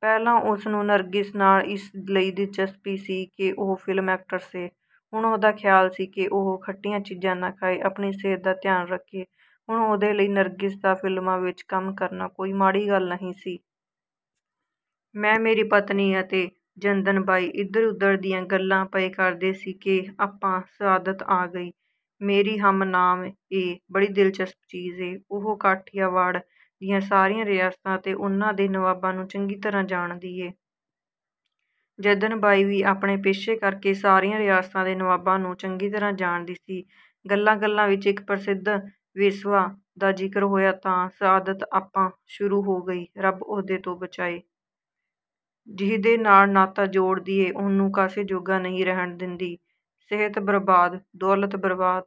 ਪਹਿਲਾਂ ਉਸ ਨੂੰ ਨਰਗਿਸ ਨਾਲ ਇਸ ਲਈ ਦਿਲਚਸਪੀ ਸੀ ਕਿ ਉਹ ਫਿਲਮ ਐਕਟਰਸ ਏ। ਹੁਣ ਉਹਦਾ ਖ਼ਿਆਲ ਸੀ ਕਿ ਉਹ ਖੱਟੀਆਂ ਚੀਜ਼ਾਂ ਨਾ ਖਾਏ। ਆਪਣੀ ਸਿਹਤ ਦਾ ਧਿਆਨ ਰੱਖੇ। ਹੁਣ ਉਹਦੇ ਲਈ ਨਰਗਿਸ ਦਾ ਫਿਲਮਾਂ ਵਿੱਚ ਕੰਮ ਕਰਨਾ ਕੋਈ ਮਾੜੀ ਗੱਲ ਨਹੀਂ ਸੀ। ਮੈਂ, ਮੇਰੀ ਪਤਨੀ ਅਤੇ ਜੱਦਨ ਬਾਈ ਇਧਰ ਉਧਰ ਦੀਆਂ ਗੱਲਾਂ ਪਏ ਕਰਦੇ ਸੀ ਕਿ ਆਪਾ ਸਆਦਤ ਆ ਗਈ। ਮੇਰੀ ਹਮ-ਨਾਮ ਏ, ਬੜੀ ਦਿਲਚਸਪ ਚੀਜ਼ ਏ। ਉਹ ਕਾਠੀਆਵਾੜ ਦੀਆਂ ਸਾਰੀਆਂ ਰਿਆਸਤਾਂ ਅਤੇ ਉਨ੍ਹਾਂ ਦੇ ਨਵਾਬਾਂ ਨੂੰ ਚੰਗੀ ਤਰ੍ਹਾਂ ਜਾਣਦੀ ਏ। ਜੱਦਨ ਬਾਈ ਵੀ ਆਪਣੇ ਪੇਸ਼ੇ ਕਰਕੇ ਸਾਰੀਆਂ ਰਿਆਸਤਾਂ ਦੇ ਨਵਾਬਾਂ ਨੂੰ ਚੰਗੀ ਤਰ੍ਹਾਂ ਜਾਣਦੀ ਸੀ। ਗੱਲਾਂ ਗੱਲਾਂ ਵਿੱਚ ਇਕ ਪ੍ਰਸਿੱਧ ਵੇਸਵਾ ਦਾ ਜ਼ਿਕਰ ਹੋਇਆ ਤਾਂ ਸਆਦਤ ਆਪਾ ਸ਼ੁਰੂ ਹੋ ਗਈ, "ਰੱਬ ਉਹਦੇ ਤੋਂ ਬਚਾਏ। ਜਿਹਦੇ ਨਾਲ ਨਾਤਾ ਜੋੜਦੀ ਏ, ਉਹਨੂੰ ਕਾਸੇ ਜੋਗਾ ਨਹੀਂ ਰਹਿਣ ਦਿੰਦੀ। ਸਿਹਤ ਬਰਬਾਦ, ਦੌਲਤ ਬਰਬਾਦ,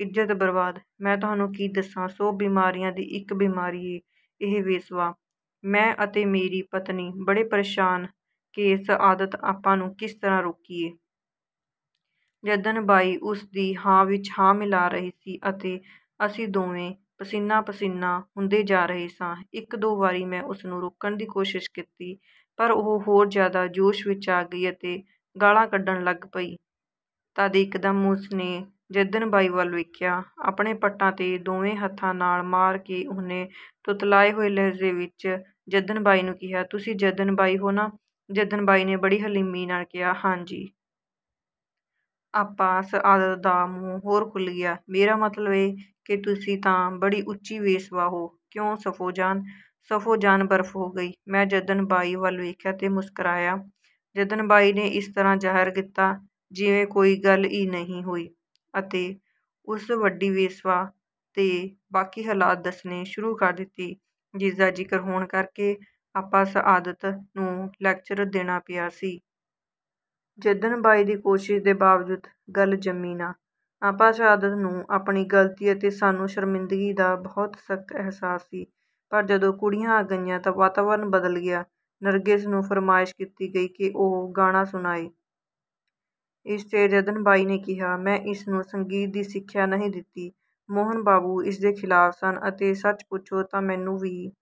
ਇੱਜ਼ਤ ਬਰਬਾਦ। ਮੈਂ ਤੁਹਾਨੂੰ ਕੀ ਦੱਸਾਂ? ਸੌ ਬਿਮਾਰੀਆਂ ਦੀ ਇਕ ਬਿਮਾਰੀ ਏ, ਇਹ ਵੇਸਵਾ।" ਮੈਂ ਅਤੇ ਮੇਰੀ ਪਤਨੀ ਬੜੇ ਪ੍ਰੇਸ਼ਾਨ ਕਿ ਸਆਦਤ ਆਪਾ ਨੂੰ ਕਿਸ ਤਰ੍ਹਾਂ ਰੋਕੀਏ। ਜੱਦਨ ਬਾਈ ਉਸ ਦੀ ਹਾਂ ਵਿੱਚ ਹਾਂ ਮਿਲਾ ਰਹੀ ਸੀ ਅਤੇ ਅਸੀਂ ਦੋਵੇਂ ਪਸੀਨਾ ਪਸੀਨਾ ਹੁੰਦੇ ਜਾ ਰਹੇ ਸਾਂ। ਇਕ ਦੋ ਵਾਰੀ ਮੈਂ ਉਸ ਨੂੰ ਰੋਕਣ ਦੀ ਕੋਸ਼ਿਸ਼ ਕੀਤੀ, ਪਰ ਉਹ ਹੋਰ ਜ਼ਿਆਦਾ ਜੋਸ਼ ਵਿੱਚ ਆ ਗਈ ਅਤੇ ਗਾਲ੍ਹਾਂ ਕੱਢਣ ਲੱਗ ਪਈ। ਤਦ ਇਕਦਮ ਉਸ ਨੇ ਜੱਦਨ ਬਾਈ ਵੱਲ ਵੇਖਿਆ। ਆਪਣੇ ਪੱਟਾਂ ਤੇ ਦੋਵੇਂ ਹਥਾਂ ਨਾਲ ਮਾਰ ਕੇ ਉਹਨੇ ਤੁਤਲਾਏ ਹੋਏ ਲਹਿਜ਼ੇ ਵਿੱਚ ਜੱਦਨ ਬਾਈ ਨੂੰ ਕਿਹਾ, "ਤੁਸੀਂ ਜੱਦਨ ਬਾਈ ਹੋ ਨਾ?" ਜੱਦਨ ਬਾਈ ਨੇ ਬੜੀ ਹਲੀਮੀ ਨਾਲ ਕਿਹਾ, "ਹਾਂ ਜੀ।" ਆਪਾ ਸਆਦਤ ਦਾ ਮੂੰਹ ਹੋਰ ਖੁੱਲ੍ਹ ਗਿਆ, "ਮੇਰਾ ਮਤਲਬ ਏ ਕਿ ਤੁਸੀਂ ਤਾਂ ਬੜੀ ਉੱਚੀ ਵੇਸਵਾ ਹੋ। ਕਿਉਂ ਸਫ਼ੋ ਜਾਨ?" ਸਫੋ ਜਾਨ ਬਰਫ਼ ਹੋ ਗਈ। ਮੈਂ ਜੱਦਨ ਬਾਈ ਵੱਲ ਵੇਖਿਆ ਤੇ ਮੁਸਕ੍ਰਾਇਆ। ਜੱਦਨ ਬਾਈ ਨੇ ਇਸ ਤਰ੍ਹਾਂ ਜ਼ਾਹਿਰ ਕੀਤਾ ਜਿਵੇਂ ਕੋਈ ਗੱਲ ਈ ਨਹੀਂ ਹੋਈ ਅਤੇ ਉਸ ਵੱਡੀ ਵੇਸਵਾ ਦੇ ਬਾਕੀ ਹਲਾਤ ਦੱਸਣੇ ਸ਼ੁਰੂ ਕਰ ਦਿੱਤੇ, ਜਿਸ ਦਾ ਜ਼ਿਕਰ ਹੋਣ ਕਰਕੇ ਆਪਾ ਸਆਦਤ ਨੂੰ ਲੈਕਚਰ ਦੇਣਾ ਪਿਆ ਸੀ। ਜੱਦਨ ਬਾਈ ਦੀ ਕੋਸ਼ਿਸ਼ ਦੇ ਬਾਵਜੂਦ ਗੱਲ ਜੰਮੀ ਨਾ। ਆਪਾ ਸਆਦਤ ਨੂੰ ਆਪਣੀ ਗਲਤੀ ਅਤੇ ਸਾਨੂੰ ਸ਼ਰਮਿੰਦਗੀ ਦਾ ਬਹੁਤ ਸਖ਼ਤ ਅਹਿਸਾਸ ਸੀ, ਪਰ ਜਦੋਂ ਕੁੜੀਆਂ ਆ ਗਈਆਂ ਤਾਂ ਵਾਤਾਵਰਣ ਬਦਲ ਗਿਆ। ਨਰਗਿਸ ਨੂੰ ਫਰਮਾਇਸ਼ ਕੀਤੀ ਗਈ ਕਿ ਉਹ ਗਾਣਾ ਸੁਣਾਏ। ਇਸ ਤੇ ਜੱਦਨ ਬਾਈ ਨੇ ਕਿਹਾ, ਮੈਂ ਇਸ ਨੂੰ ਸੰਗੀਤ ਦੀ ਸਿੱਖਿਆ ਨਹੀਂ ਦਿੱਤੀ। ਮੋਹਨ ਬਾਬੂ ਇਸ ਦੇ ਖਿਲਾਫ ਸਨ ਅਤੇ ਸੱਚ ਪੁੱਛੋ ਤਾਂ ਮੈਨੂੰ ਵੀ